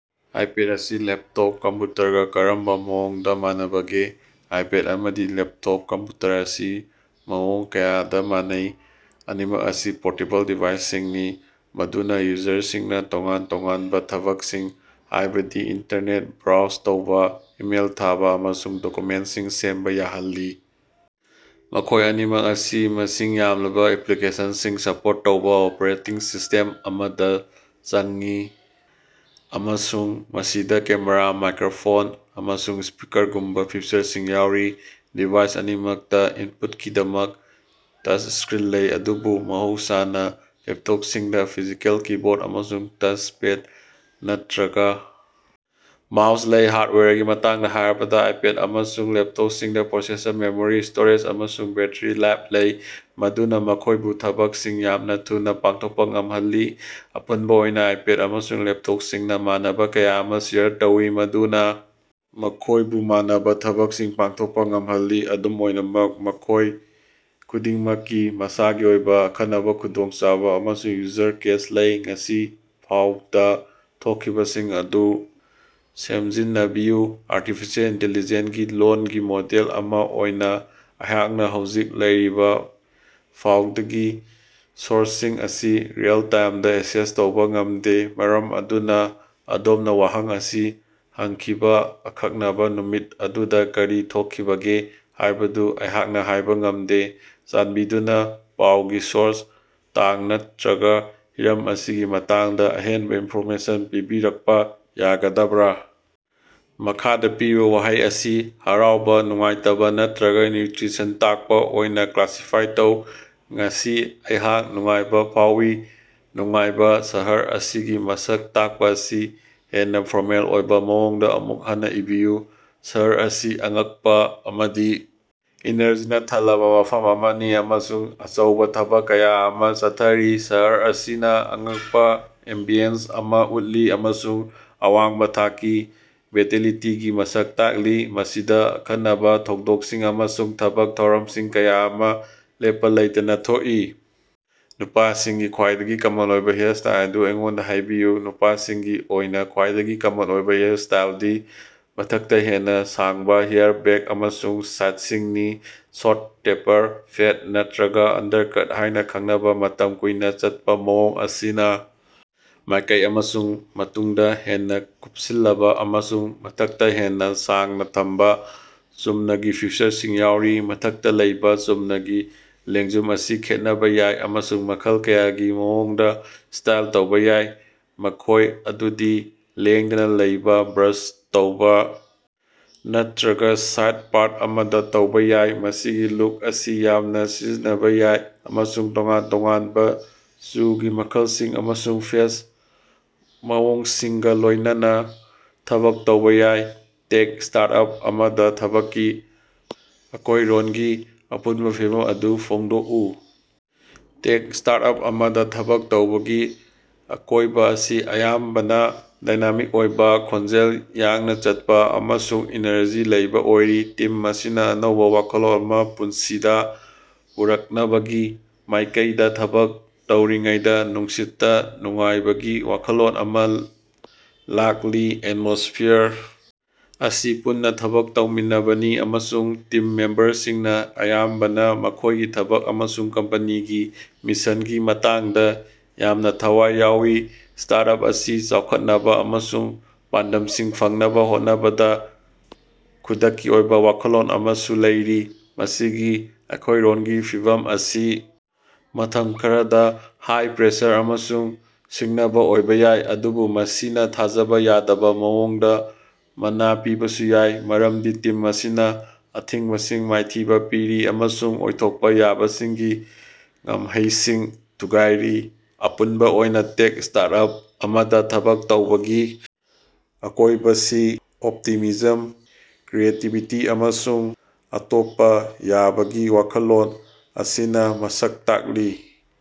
IPad ꯑꯁꯤ laptop ꯀꯝꯄ꯭ꯌꯨꯇꯔꯒ ꯀꯔꯝꯕ ꯃꯑꯣꯡꯗ ꯃꯥꯟꯅꯕꯒꯦ? ꯑꯥꯏꯄꯦꯗ ꯑꯃꯗꯤ ꯂꯦꯞꯇꯣꯞ ꯀꯝꯄ꯭ꯌꯨꯇꯔ ꯑꯁꯤ ꯃꯑꯣꯡ ꯀꯌꯥꯗ ꯃꯥꯟꯅꯩ꯫ ꯑꯅꯤꯃꯛ ꯑꯁꯤ ꯄꯣꯔꯇꯦꯕꯜ ꯗꯤꯚꯥꯏꯁꯁꯤꯡꯅꯤ ꯃꯗꯨꯅ ꯌꯨꯖꯔꯁꯤꯡꯅ ꯇꯣꯉꯥꯟ-ꯇꯣꯉꯥꯟꯕ ꯊꯕꯛꯁꯤꯡ, ꯍꯥꯏꯕꯗꯤ ꯏꯟꯇꯔꯅꯦꯠ ꯕ꯭ꯔꯥꯎꯖ ꯇꯧꯕ, ꯏꯃꯦꯏꯜ ꯊꯥꯕ, ꯑꯃꯁꯨꯡ ꯗꯣꯀ꯭ꯌꯨꯃꯦꯟꯠꯁꯤꯡ ꯁꯦꯝꯕ ꯌꯥꯍꯜꯂꯤ꯫ ꯃꯈꯣꯏ ꯑꯅꯤꯃꯛ ꯑꯁꯤ ꯃꯁꯤꯡ ꯌꯥꯝꯂꯕ ꯑꯦꯄ꯭ꯂꯤꯀꯦꯁꯟꯁꯤꯡ ꯁꯄꯣꯔꯠ ꯇꯧꯕ ꯑꯣꯄꯔꯦꯇꯤꯡ ꯁꯤꯁ꯭ꯇꯦꯝ ꯑꯃꯗ ꯆꯪꯏ, ꯑꯃꯁꯨꯡ ꯃꯁꯤꯗ ꯀꯦꯃꯦꯔꯥ, ꯃꯥꯏꯀ꯭ꯔꯣꯐꯣꯟ, ꯑꯃꯁꯨꯡ ꯁ꯭ꯄꯤꯀꯔꯒꯨꯝꯕ ꯐꯤꯆꯔꯁꯤꯡ ꯌꯥꯎꯔꯤ꯫ ꯗꯤꯚꯥꯏꯁ ꯑꯅꯤꯃꯛꯇ ꯏꯟꯄꯨꯠꯀꯤꯗꯃꯛꯇ ꯇꯆꯁꯀ꯭ꯔꯤꯟ ꯂꯩ, ꯑꯗꯨꯕꯨ ꯃꯍꯧꯁꯥꯅ ꯂꯦꯞꯇꯣꯞꯁꯤꯡꯗ ꯐꯤꯖꯤꯀꯦꯜ ꯀꯤꯕꯣꯔꯗ ꯑꯃꯁꯨꯡ ꯇꯆꯄꯦꯗ ꯅꯠꯇ꯭ꯔꯒ ꯃꯥꯎꯁꯁꯨ ꯂꯩ꯫ ꯍꯥꯔꯗꯋꯦꯌꯔꯒꯤ ꯃꯇꯥꯡꯗ ꯍꯥꯏꯔꯕꯗ, ꯑꯥꯏꯄꯦꯗ ꯑꯃꯁꯨꯡ ꯂꯦꯞꯇꯣꯞꯁꯤꯡꯗ ꯄ꯭ꯔꯣꯁꯦꯁꯔ, ꯃꯦꯃꯣꯔꯤ ꯁ꯭ꯇꯣꯔꯦꯖ, ꯑꯃꯁꯨꯡ ꯕꯦꯠꯇꯔꯤ ꯂꯥꯏꯐ ꯂꯩ ꯃꯗꯨꯅ ꯃꯈꯣꯏꯕꯨ ꯊꯕꯛꯁꯤꯡ ꯌꯥꯝꯅ ꯊꯨꯅ ꯄꯥꯡꯊꯣꯛꯄ ꯉꯝꯍꯜꯂꯤ꯫ ꯑꯄꯨꯟꯕ ꯑꯣꯏꯅ ꯑꯥꯏꯄꯦꯗ ꯑꯃꯁꯨꯡ ꯂꯦꯞꯇꯣꯞꯁꯤꯡꯅ ꯃꯥꯟꯅꯕ ꯀꯌꯥ ꯑꯃ ꯁꯦꯌꯔ ꯇꯧꯏ ꯃꯗꯨꯅ ꯃꯈꯣꯏꯕꯨ ꯃꯥꯟꯅꯕ ꯊꯕꯛꯁꯤꯡ ꯄꯥꯡꯊꯣꯛꯄ ꯉꯝꯍꯜꯂꯤ, ꯑꯗꯨꯝ ꯑꯣꯏꯅꯃꯛ ꯃꯈꯣꯏ ꯈꯨꯗꯤꯡꯃꯛꯀꯤ ꯃꯁꯥꯒꯤ ꯑꯣꯏꯕ ꯑꯈꯟꯅꯕ ꯈꯨꯗꯣꯡꯆꯥꯕ ꯑꯃꯁꯨꯡ ꯌꯨꯖꯔ ꯀꯦꯁ ꯂꯩ꯫ ꯉꯁꯤ ꯄꯥꯎꯗ ꯊꯣꯛꯈꯤꯕꯁꯤꯡ ꯑꯗꯨ ꯁꯝꯖꯤꯟꯅꯕꯤꯌꯨ꯫ ꯑꯥꯔꯇꯤꯐꯤꯁꯦꯜ ꯏꯟꯇꯤꯂꯤꯖꯦꯟꯠ ꯒꯤ ꯂꯣꯜꯒꯤ ꯃꯣꯗꯦꯜ ꯑꯃ ꯑꯣꯏꯅ ꯑꯩꯍꯥꯛꯅ ꯍꯧꯖꯤꯛ ꯂꯩꯔꯤꯕ ꯄꯥꯎꯒꯤ ꯁꯣꯔꯁꯁꯤꯡ ꯑꯁꯤ ꯔꯤꯑꯦꯜ-ꯇꯥꯏꯝꯗ ꯑꯦꯛꯁꯦꯁ ꯇꯧꯕ ꯉꯝꯗꯦ, ꯃꯔꯝ ꯑꯗꯨꯅ ꯑꯗꯣꯝꯅ ꯋꯥꯍꯪ ꯑꯁꯤ ꯍꯪꯈꯤꯕ ꯑꯀꯛꯅꯕ ꯅꯨꯃꯤꯠ ꯑꯗꯨꯗ ꯀꯔꯤ ꯊꯣꯛꯈꯤꯕꯒꯦ ꯍꯥꯏꯕꯗꯨ ꯑꯩꯍꯥꯛꯅ ꯍꯥꯏꯕ ꯉꯝꯗꯦ꯫ ꯆꯥꯟꯕꯤꯗꯨꯅ ꯄꯥꯎꯒꯤ ꯁꯣꯔꯁ, ꯇꯥꯡ ꯅꯠꯇ꯭ꯔꯒ ꯍꯤꯔꯝ ꯑꯁꯤꯒꯤ ꯃꯇꯥꯡꯗ ꯑꯍꯦꯟꯕ ꯏꯟꯐꯣꯔꯃꯦꯁꯟ ꯄꯤꯕꯤꯔꯛꯄ ꯌꯥꯒꯗꯕ꯭ꯔꯥ? ꯃꯈꯥꯗ ꯄꯤꯔꯤꯕ ꯋꯥꯍꯩ ꯑꯁꯤ ꯍꯔꯥꯎꯕ, ꯅꯨꯡꯉꯥꯏꯇꯕ ꯅꯠꯇ꯭ꯔꯒ ꯅ꯭ꯌꯨꯠꯔꯤꯁꯟ ꯇꯥꯛꯄ ꯑꯣꯏꯅ ꯀ꯭ꯂꯥꯁꯤꯐꯥꯏ ꯇꯧ꯫ ꯉꯁꯤ ꯑꯩꯍꯥꯛ ꯅꯨꯡꯉꯥꯏꯕ ꯐꯥꯎꯏ꯫ ꯅꯨꯡꯉꯥꯏꯕ ꯁꯍꯔ ꯑꯁꯤꯒꯤ ꯃꯁꯛ ꯇꯥꯛꯄ ꯑꯁꯤ ꯍꯦꯟꯅ ꯐꯣꯔꯃꯦꯜ ꯑꯣꯏꯕ ꯃꯑꯣꯡꯗ ꯑꯃꯨꯛ ꯍꯟꯅ ꯏꯕꯤꯌꯨ꯫ ꯁꯍꯔ ꯑꯁꯤ ꯑꯉꯛꯄ ꯑꯃꯗꯤ ꯏꯅꯔꯖꯤꯅ ꯊꯜꯂꯕ ꯃꯐꯝ ꯑꯃꯅꯤ ꯑꯃꯁꯨꯡ ꯑꯆꯧꯕ ꯊꯕꯛ ꯀꯌꯥ ꯑꯃ ꯆꯠꯊꯔꯤ꯫ ꯁꯍꯔ ꯑꯁꯤꯅ ꯑꯉꯛꯄ ꯑꯦꯝꯕꯤꯌꯟꯁ ꯑꯃ ꯎꯠꯂꯤ ꯑꯃꯁꯨꯡ ꯑꯋꯥꯡꯕ ꯊꯥꯛꯀꯤ ꯋꯥꯏꯇꯦꯂꯤꯇꯤꯒꯤ ꯃꯁꯛ ꯇꯥꯛꯂꯤ, ꯃꯁꯤꯗ ꯑꯈꯟꯅꯕ ꯊꯧꯗꯣꯛꯁꯤꯡ ꯑꯃꯁꯨꯡ ꯊꯕꯛ ꯊꯧꯔꯝꯁꯤꯡ ꯀꯌꯥ ꯑꯃ ꯂꯦꯞꯄ ꯂꯩꯇꯅ ꯊꯣꯛꯏ꯫ ꯅꯨꯄꯥꯁꯤꯡꯒꯤ ꯈ꯭ꯋꯥꯏꯗꯒꯤ ꯀꯃꯟ ꯑꯣꯏꯕ ꯍꯦꯌꯔꯁ꯭ꯇꯥꯏꯜ ꯑꯗꯨ ꯑꯩꯉꯣꯟꯗ ꯍꯥꯏꯕꯤꯌꯨ꯫ ꯅꯨꯄꯥꯁꯤꯡꯒꯤ ꯑꯣꯏꯅ ꯈ꯭ꯋꯥꯏꯗꯒꯤ ꯀꯃꯟ ꯑꯣꯏꯕ ꯍꯦꯌꯔꯁ꯭ꯇꯥꯏꯜꯗꯤ ꯃꯊꯛꯇ ꯍꯦꯟꯅ ꯁꯥꯡꯕ ꯍꯦꯌꯔ ꯕꯦꯛ ꯑꯃꯁꯨꯡ ꯁꯥꯏꯗꯁꯤꯡꯅꯤ꯫ ꯁꯣꯔꯠ ꯇꯦꯄꯔ, ꯐꯦꯗ ꯅꯠꯇ꯭ꯔꯒ ꯑꯟꯗꯔꯀꯠ ꯍꯥꯏꯅ ꯈꯪꯅꯕ ꯃꯇꯝ ꯀꯨꯏꯅ ꯆꯠꯄ ꯃꯑꯣꯡ ꯑꯁꯤꯅ ꯃꯥꯏꯀꯩ ꯑꯃꯁꯨꯡ ꯃꯇꯨꯡꯗ ꯍꯦꯟꯅ ꯀꯨꯞꯁꯤꯜꯂꯕ ꯑꯃꯁꯨꯡ ꯃꯊꯛꯇ ꯍꯦꯟꯅ ꯁꯥꯡꯅ ꯊꯝꯕ ꯆꯨꯝꯅꯒꯤ ꯐꯤꯆꯔꯁꯤꯡ ꯌꯥꯎꯔꯤ꯫ ꯃꯊꯛꯇ ꯂꯩꯕ ꯆꯨꯝꯅꯒꯤ ꯂꯦꯡꯖꯨꯝ ꯑꯁꯤ ꯈꯦꯠꯅꯕ ꯌꯥꯏ, ꯑꯃꯁꯨꯡ ꯃꯈꯜ ꯀꯌꯥꯒꯤ ꯃꯑꯣꯡꯗ ꯁ꯭ꯇꯥꯏꯜ ꯇꯧꯕ ꯌꯥꯏ, ꯃꯈꯣꯏ ꯑꯗꯨꯗꯤ ꯂꯦꯡꯗꯅ ꯂꯩꯕ, ꯕ꯭ꯔꯁ ꯇꯧꯕ ꯅꯠꯇ꯭ꯔꯒ ꯁꯥꯏꯗ ꯄꯥꯔꯠ ꯑꯃꯗ ꯇꯧꯕ ꯌꯥꯏ꯫ ꯃꯁꯤꯒꯤ ꯂꯨꯛ ꯑꯁꯤ ꯌꯥꯝꯅ ꯁꯤꯖꯤꯟꯅꯕ ꯌꯥꯏ ꯑꯃꯁꯨꯡ ꯇꯣꯉꯥꯟ ꯇꯣꯉꯥꯟꯕ ꯆꯨꯒꯤ ꯃꯈꯜꯁꯤꯡ ꯑꯃꯁꯨꯡ ꯐꯦꯁ ꯃꯑꯣꯡꯁꯤꯡꯒ ꯂꯣꯏꯅꯅ ꯊꯕꯛ ꯇꯧꯕ ꯌꯥꯏ꯫ ꯇꯦꯛ ꯁ꯭ꯇꯥꯔꯠꯑꯞ ꯑꯃꯗ ꯊꯕꯛꯀꯤ ꯑꯀꯣꯏꯔꯣꯟꯒꯤ ꯑꯄꯨꯅꯕ ꯐꯤꯚꯝ ꯑꯗꯨ ꯐꯣꯡꯗꯣꯛꯎ꯫ ꯇꯦꯛ ꯁ꯭ꯇꯥꯔꯠꯑꯞ ꯑꯃꯗ ꯊꯕꯛ ꯇꯧꯕꯒꯤ ꯑꯀꯣꯏꯕ ꯑꯁꯤ ꯑꯌꯥꯝꯕꯅ ꯗꯥꯏꯅꯥꯃꯤꯛ ꯑꯣꯏꯕ, ꯈꯣꯡꯖꯦꯜ ꯌꯥꯡꯅ ꯆꯠꯄ ꯑꯃꯁꯨꯡ ꯏꯅꯔꯖꯤ ꯂꯩꯕ ꯑꯣꯏ꯫ ꯇꯤꯝ ꯑꯁꯤꯅ ꯑꯅꯧꯕ ꯋꯥꯈꯜꯂꯣꯟ ꯑꯃ ꯄꯨꯟꯁꯤꯗ ꯄꯨꯔꯛꯅꯕꯒꯤ ꯃꯥꯏꯀꯩꯗ ꯊꯕꯛ ꯇꯧꯔꯤꯉꯩꯗ ꯅꯨꯡꯁꯤꯠꯇ ꯅꯨꯡꯉꯥꯏꯕꯒꯤ ꯋꯥꯈꯜꯂꯣꯟ ꯑꯃ ꯂꯥꯛꯂꯤ꯫ ꯑꯦꯠꯃꯣꯁ꯭ꯐꯤꯌꯔ ꯑꯁꯤ ꯄꯨꯟꯅ ꯊꯕꯛ ꯇꯧꯃꯤꯟꯅꯕꯅꯤ ꯑꯃꯁꯨꯡ ꯇꯤꯝ ꯃꯦꯝꯕꯔꯁꯤꯡꯅ ꯑꯌꯥꯝꯕꯅ ꯃꯈꯣꯏꯒꯤ ꯊꯕꯛ ꯑꯃꯁꯨꯡ ꯀꯝꯄꯦꯅꯤꯒꯤ ꯃꯤꯁꯟꯒꯤ ꯃꯇꯥꯡꯗ ꯌꯥꯝꯅ ꯊꯋꯥꯏ ꯌꯥꯎꯏ꯫ ꯁ꯭ꯇꯥꯔꯠꯑꯞ ꯑꯁꯤꯅ ꯆꯥꯎꯈꯠꯅꯕ ꯑꯃꯁꯨꯡ ꯄꯥꯟꯗꯝꯁꯤꯡ ꯐꯪꯅꯕ ꯍꯣꯠꯅꯕꯗ ꯈꯨꯗꯛꯀꯤ ꯑꯣꯏꯕ ꯋꯥꯈꯜꯂꯣꯟ ꯑꯃꯁꯨ ꯂꯩꯔꯤ꯫ ꯃꯁꯤꯒꯤ ꯑꯀꯣꯏꯕꯒꯤ ꯐꯤꯕꯝ ꯑꯁꯤ ꯃꯇꯝ ꯈꯔꯗ ꯍꯥꯏ-ꯄ꯭ꯔꯦꯁꯔ ꯑꯃꯁꯨꯡ ꯁꯤꯡꯅꯕ ꯑꯣꯏꯕ ꯌꯥꯏ, ꯑꯗꯨꯕꯨ ꯃꯁꯤꯅ ꯊꯥꯖꯕ ꯌꯥꯗꯕ ꯃꯑꯣꯡꯗ ꯃꯅꯥ ꯄꯤꯕꯁꯨ ꯌꯥꯏ ꯃꯔꯝꯗꯤ ꯇꯤꯝ ꯑꯁꯤꯅ ꯑꯊꯤꯡꯕꯁꯤꯡ ꯃꯥꯏꯊꯤꯕ ꯄꯤꯔꯤ ꯑꯃꯁꯨꯡ ꯑꯣꯏꯊꯣꯛꯄ ꯌꯥꯕꯁꯤꯡꯒꯤ ꯉꯝꯈꯩꯁꯤꯡ ꯊꯨꯒꯥꯏꯔꯤ꯫ ꯑꯄꯨꯟꯕ ꯑꯣꯏꯅ ꯇꯦꯛ ꯁ꯭ꯇꯥꯔꯠꯑꯞ ꯑꯃꯗ ꯊꯕꯛ ꯇꯧꯕꯒꯤ ꯑꯀꯣꯏꯕꯁꯤ ꯑꯣꯞꯇꯤꯃꯤꯖꯝ, ꯀ꯭ꯔꯤꯌꯦꯇꯤꯕꯤꯇꯤ ꯑꯃꯁꯨꯡ ꯑꯇ‌ꯣꯞꯄ ꯌꯥꯕꯒꯤ ꯋꯥꯈꯜꯂꯣꯟ ꯑꯁꯤꯅ ꯃꯁꯛ ꯇꯥꯛꯂꯤ꯫